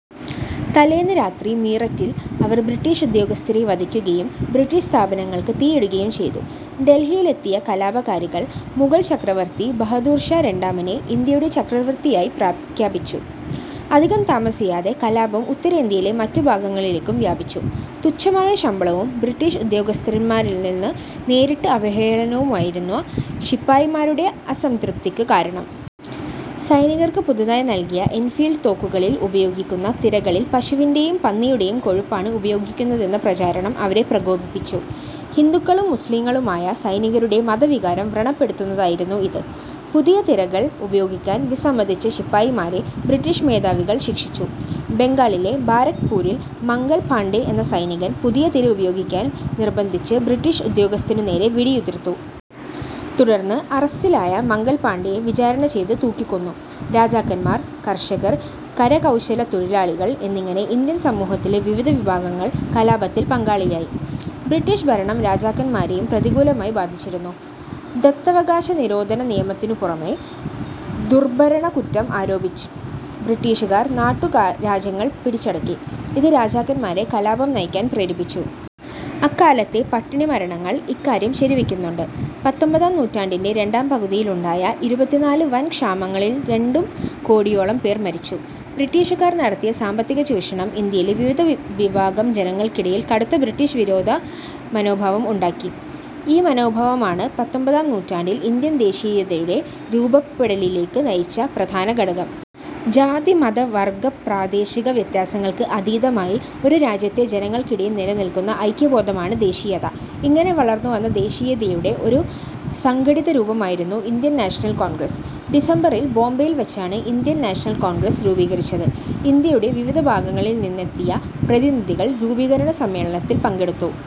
തലേന്ന് രാത്രി മീററ്റിൽ അവർ ബ്രിട്ടീഷ് ഉദ്യോഗസ്ഥരെ വധിക്കുകയും ബ്രിട്ടീഷ് സ്ഥാപനങ്ങൾക്ക് തീയിടുകയും ചെയ്തു. ഡൽഹിയിലെത്തിയ കലാപകാരികൾ മുഗൾ ചക്രവർത്തി ബഹദൂർഷാ രണ്ടാമനെ ഇന്ത്യയുടെ ചക്രവർത്തിയായി പ്രഖ്യാപിച്ചു. അധികം താമസിയാതെ കലാപം ഉത്തരേന്ത്യയിലെ മറ്റു ഭാഗങ്ങളിലേക്കും വ്യാപിച്ചു. തുച്ഛമായ ശമ്പളവും ബ്രിട്ടീഷ് ഉദ്യോഗസ്ഥന്മാരിൽനിന്നു നേരിട്ട അവഹേളനവുമായിരുന്നു ശിപായിമാരുടെ അസംതൃപിക്ക് കാരണം. സൈനികർക്ക് പുതുതായി നൽകിയ എൻഫീൽഡ് തോക്കുകളിൽ ഉപയോഗിക്കുന്ന തിരകളിൽ പശുവിന്റെയും പന്നിയുടെയും കൊഴുപ്പാണ് ഉപയോഗിക്കുന്നതെന്ന പ്രചാരണം അവരെ പ്രകോപിപ്പിച്ചു. ഹിന്ദുക്കളും മുസ്ലിംകളുമായ സൈനികരുടെ മതവികാരം വ്രണപ്പെടുത്തുന്നതായിരുന്നു ഇത്. പുതിയ തിരകൾ ഉപയോഗിക്കാൻ വിസമ്മതിച്ച ശിപായിമാരെ ബ്രിട്ടീഷ് മേധാവികൾ ശിക്ഷിച്ചു. ബംഗാളിലെ ബാരക്പൂരിൽ മംഗൽ പാണ്ഡെ എന്ന സൈനികൻ പുതിയ തിര ഉപയോഗിക്കാൻ നിർബന്ധിച്ച് ബ്രിട്ടീഷ് ഉദ്യോഗസ്ഥനുനേരെ വെടിയുതിർത്തു. തുടർന്ന് അറസ്റ്റിലായ മംഗൽപാണ്ഡെയെ വിചാരണ ചെയ്ത് തൂക്കിക്കൊന്നു. രാജാക്കന്മാർ, കർഷകർ, കരകൗശലത്തൊഴിലാളികൾ എന്നിങ്ങനെ ഇന്ത്യൻ സമൂഹത്തിലെ വിവിധ വിഭാഗങ്ങൾ കലാപത്തിൽ പങ്കാളികളായി. ബ്രിട്ടീഷ് ഭരണം രാജാക്കന്മാരെയും പ്രതികൂലമായി ബാധിച്ചിരുന്നു. ദത്തവകാശ നിരോധന നിയമത്തിനുപുറമെ ദുർഭരണക്കുറ്റം ആരോപിച്ചും ബ്രിട്ടീഷുകാർ നാട്ടു രാജ്യങ്ങളെ പിടിച്ചടക്കി. ഇത് രാജാക്കന്മാരെ കലാപം നയിക്കാൻ പ്രേരിപ്പിച്ചു. അക്കാലത്തെ പട്ടിണിമരണങ്ങൾ ഇക്കാര്യം ശരിവയ്ക്കുന്നുണ്ട്. പത്തൊമ്പതാം നൂറ്റാണ്ടിന്റെ രണ്ടാംപകുതിയിലുണ്ടായ ഇരുപത്തിനാല് വൻ ക്ഷാമങ്ങളിൽ രണ്ടു കോടിയോളം പേർ മരിച്ചു. ബ്രിട്ടീഷുകാർ നടത്തിയ സാമ്പത്തികചൂഷണം ഇന്ത്യയിലെ വിവിധ വിഭാഗം ജനങ്ങൾക്കിടയിൽ കടുത്ത ബ്രിട്ടീഷ് വിരുദ്ധ മനോഭാവം ഉണ്ടാക്കി. ഈ മനോഭാവമാണ് പത്തൊമ്പതാം നൂറ്റാണ്ടിൽ ഇന്ത്യൻ ദേശീയതയുടെ രൂപപ്പെടലിലേക്കു നയിച്ച് പ്രധാന ഘടകം. ജാതി-മത- വർഗ-പ്രാദേശിക വ്യത്യാസങ്ങൾക്ക് അതീതമായി ഒരു രാജ്യത്തെ ജനങ്ങൾക്കിടയിൽ നിലനിൽക്കുന്ന ഐക്യ ബോധമാണ് ദേശീയത. ഇങ്ങനെ വളർന്നുവന്ന ദേശീയതയുടെ ഒരു സംഘടിതരൂപമായിരുന്നു ഇന്ത്യൻ നാഷണൽ കോൺഗ്രസ്. ഡിസംബറിൽ ബോംബെയിൽ വെച്ചാണ് ഇന്ത്യൻ നാഷണൽ കോൺഗ്രസ് രൂപീകരിച്ചത്. ഇന്ത്യയുടെ വിവിധ ഭാഗങ്ങളിൽ നിന്നെത്തിയ പ്രതിനിധികൾ രൂപീകരണ സമ്മേളനത്തിൽ പങ്കെടുത്തു.